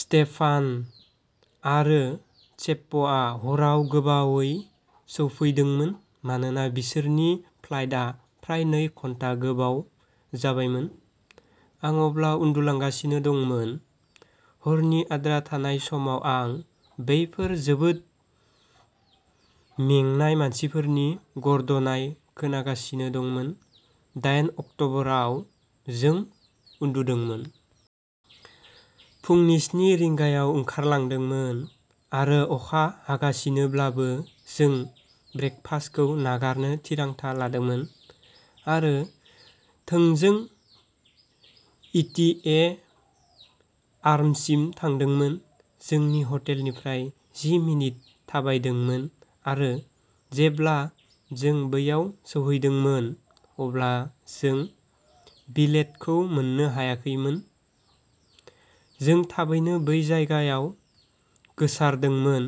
Stefan आरो सेप्प'आ हराव गोबावै सौफैदोंमोन मानोना बिसोरनि फ्लाइटआ फ्राय नै घन्टा गोबाव जाबायमोन। आं अब्ला उन्दुलांगासिनो दंमोन। हरनि आद्रा थानाय समाव आं बेफोर जोबोद मेंनाय मानसिफोरनि गरद'नाय खोनागासिनो दंमोन। दायेन अक्ट'बराव जों उन्दुदोंमोन। फुंनि स्नि रिंगायाव ओंखारलांदोंमोन आरो अखा हागासिनोब्लाबो जों ब्रेकफास्टखौ नागारनो थिरांथा लादोंमोन आरो थोंजों ईटीएआरसिम थांदोंमोन। जोंनि हटेलनिफ्राय जि मिनिट थाबायदोंमोन आरो जेब्ला जों बैयाव सौहैदोंमोन अब्ला जों विलेटखौ मोननो हायाखैमोन। जों थाबैनो बै जायगायाव गोसारदोंमोन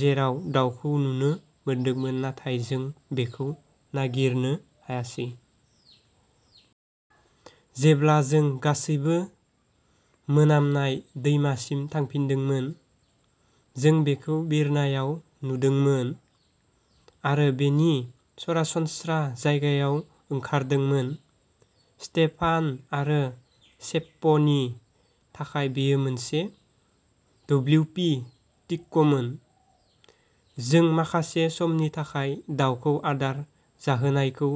जेराव दाउखौ नुनो मोनदोंमोन नाथाय जों बेखौ नागिरनो हायासै। जेब्ला जों गासैबो मोनामनाय दैमासिम थांफिनदोंमोन, जों बेखौ बिरनायाव नुदोंमोन आरो बेनि सरासनस्रा जायगायाव ओंखारदोंमोन। स्टेफान आरो सेप्प'नि थाखाय बेयो मोनसे डब्लिउपी टिक्क'मोन। जों माखासे समनि थाखाय दाउखौ आदार जाहोनायखौ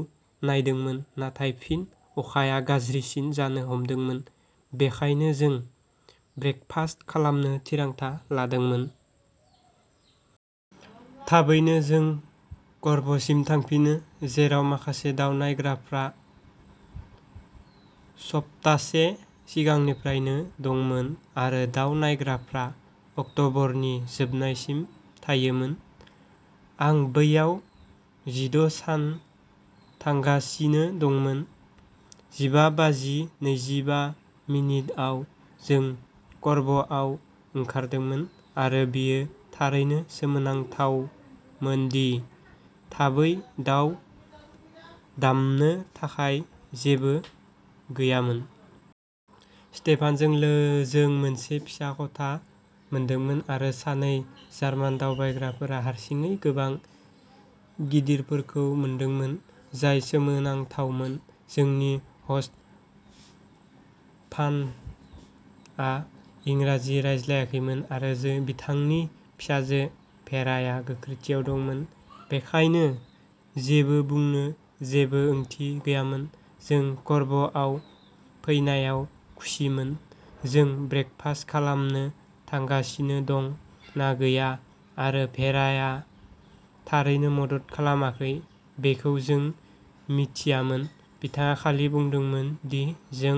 नायदोंमोन नाथाय फिन अखाया गाज्रिसिन जानो हमदोंमोन बेनिखायनो जों ब्रेकफास्ट खालामनो थिरांथा लादोंमोन। थाबैनो जों क'रभ'सिम थांफिनो, जेराव माखासे दाव नायग्राफ्रा सप्तासे सिगांनिफ्रायनो दंमोन आरो दाव नायग्राफ्रा अक्ट'बरनि जोबनायसिम थायोमोन। आं बैयाव जिद' सान थांगासिनो दंमोन, जिबा बाजि नैजिबा मिनिट आव जों क'रभ'आव ओंखारदोंमोन आरो बियो थारैनो गोमोनांथावमोन दि थाबै दाव दामनो थाखाय जेबो गैयामोन। स्टेफानजों जों मोनसे फिसा खथा मोनदोंमोन आरो सानै जार्मान दावबायग्राफोरा हारसिङै गोबां गिदिरफोरखौ मोनदोंमोन, जाय गोमोथावमोन। जोंनि ह'स्ट फानआ इंराजि रायज्लायाखैमोन आरो जों बिथांनि फिसाजो भेराया गोख्रैथिआव दंमोन, बेनिखायनो जेबो बुंनो जेबो ओंथि गैयामोन जों करभ'आव फैनायाव खुसिमोन जों ब्रेकफास्ट खालामनो थांगासिनो दं ना गैया आरो भेराया थारैनो मदद खालामाखै बेखौ जों मिथियामोन। बिथाङा खालि बुंदोंमोन दि जों